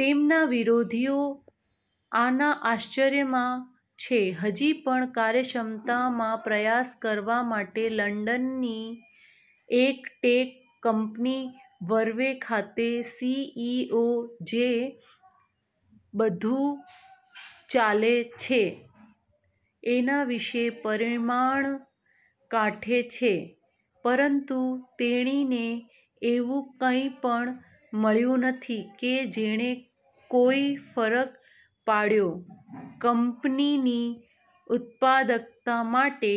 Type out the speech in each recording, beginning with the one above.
તેમના વિરોધીઓ આના આશ્ચર્યમાં છે હજી પણ કાર્યક્ષમતામાં પ્રયાસ કરવા માટે. લંડનની એક ટેક કંપની વર્વે ખાતે સી.ઇ.ઓ જે બધું ચાલે છે એના વિશે પરિમાણ કાઢે છે પરંતુ તેણીને એવું કંઈપણ મળ્યું નથી કે જેણે કોઈ ફરક પાડ્યો કંપનીની ઉત્પાદકતા માટે.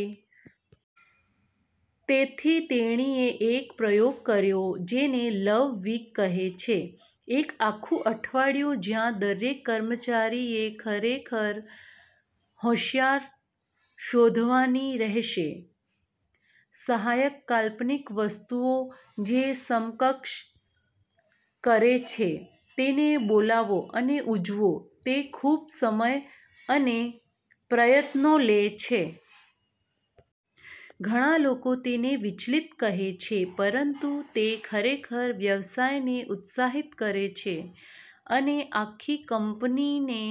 તેથી તેણીએ એક પ્રયોગ કર્યો જેને "લવ વીક" કહે છે. એક આખું અઠવાડિયું જ્યાં દરેક કર્મચારીએ ખરેખર હોંશિયાર શોધવાની રહેશે, સહાયક, કાલ્પનિક વસ્તુઓ જે સમકક્ષ કરે છે. તેને બોલાવો અને ઉજવો. તે ખૂબ સમય અને પ્રયત્નો લે છે. ઘણા લોકો તેને વિચલિત કહે છે પરંતુ તે ખરેખર વ્યવસાયને ઉત્સાહિત કરે છે અને આખી કંપનીને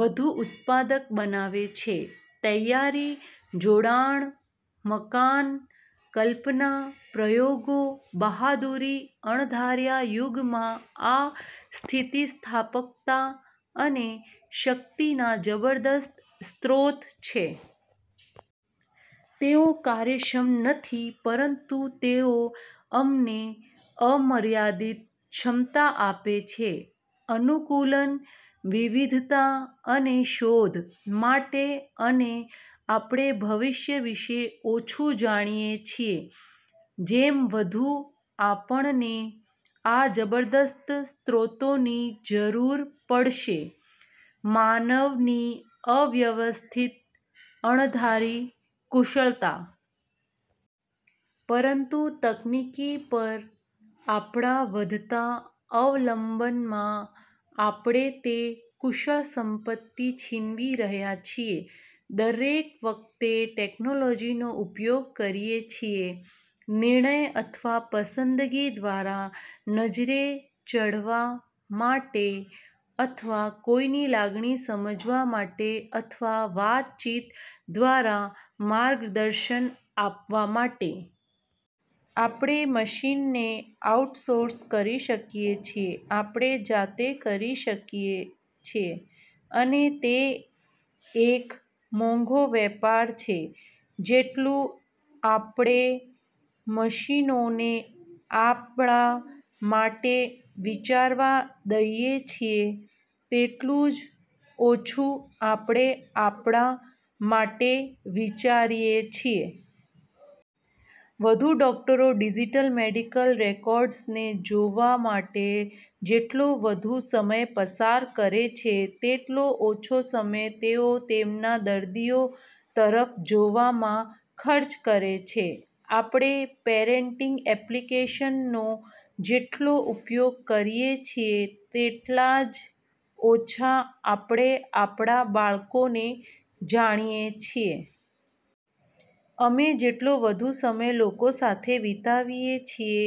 વધુ ઉત્પાદક બનાવે છે. તૈયારી, જોડાણ-મકાન, કલ્પના, પ્રયોગો, બહાદુરી, અણધાર્યા યુગમાં, આ સ્થિતિસ્થાપકતા અને શક્તિના જબરદસ્ત સ્રોત છે. તેઓ કાર્યક્ષમ નથી પરંતુ તેઓ અમને અમર્યાદિત ક્ષમતા આપે છે અનુકૂલન, વિવિધતા અને શોધ માટે અને આપણે ભવિષ્ય વિશે ઓછું જાણીએ છીએ જેમ વધુ આપણને આ જબરદસ્ત સ્ત્રોતોની જરૂર પડશે માનવની, અવ્યવસ્થિત, અણધારી કુશળતા. પરંતુ તકનીકી પર આપણાં વધતા અવલંબનમાં આપણે તે કુશળ સંપત્તિ છીનવી રહ્યા છીએ. દરેક વખતે ટેકનોલોજીનો ઉપયોગ કરીએ છીએ નિર્ણય અથવા પસંદગી દ્વારા નજરે ચડવા માટે અથવા કોઈની લાગણી સમજવા માટે અથવા વાતચીત દ્વારા માર્ગદર્શન આપવા માટે. આપણે મશીનને આઉટસોર્સ કરી શકીએ છીએ, આપણે જાતે કરી શકીએ છીએ અને તે એક મોંઘો વેપાર છે. જેટલું આપણે મશીનોને આપણા માટે વિચારવા દઈએ છીએ, તેટલું જ ઓછું આપણે આપણા માટે વિચારીએ છીએ. વધુ ડોકટરો ડિજિટલ મેડિકલ રેકોર્ડ્સને જોવા માટે જેટલો વધુ સમય પસાર કરે છે, તેટલો ઓછો સમય તેઓ તેમના દર્દીઓ તરફ જોવામાં ખર્ચ કરે છે. આપણે પેરેંટિંગ એપ્લિકેશનનો જેટલો ઉપયોગ કરીએ છીએ, તેટલા જ ઓછા આપણે આપણા બાળકોને જાણીએ છીએ. અમે જેટલો વધુ સમય લોકો સાથે વિતાવીએ છીએ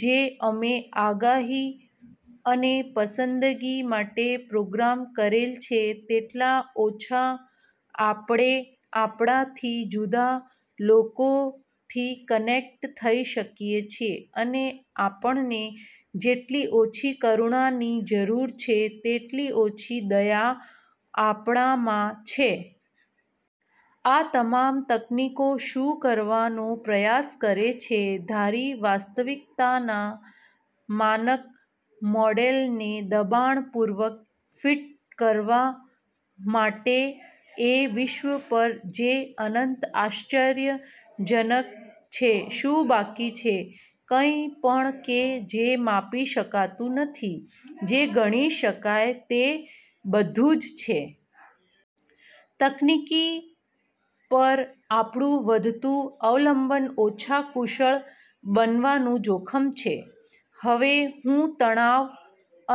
જે અમે આગાહી અને પસંદગી માટે પ્રોગ્રામ કરેલ છે, તેટલા ઓછા આપણે આપણાથી જુદા લોકોથી કનેક્ટ થઈ શકીએ છીએ. અને આપણને જેટલી ઓછી કરુણાની જરૂર છે, તેટલી ઓછી દયા આપણામાં છે. આ તમામ તકનીકો શું કરવાનો પ્રયાસ કરે છે ધારી વાસ્તવિકતાના માનક મોડેલને દબાણપૂર્વક ફિટ કરવા માટે એ વિશ્વ પર જે અનંત આશ્ચર્યજનક છે. શું બાકી છે? કંઈ પણ કે જે માપી શકાતું નથી, જે ગણી શકાય તે બધું જ છે. તકનીકી પર આપણું વધતું અવલંબન ઓછા કુશળ બનવાનું જોખમ છે. હવે, હું તણાવ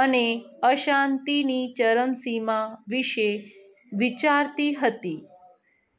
અને અશાંતિની ચરમસીમા વિશે વિચારતી હતી.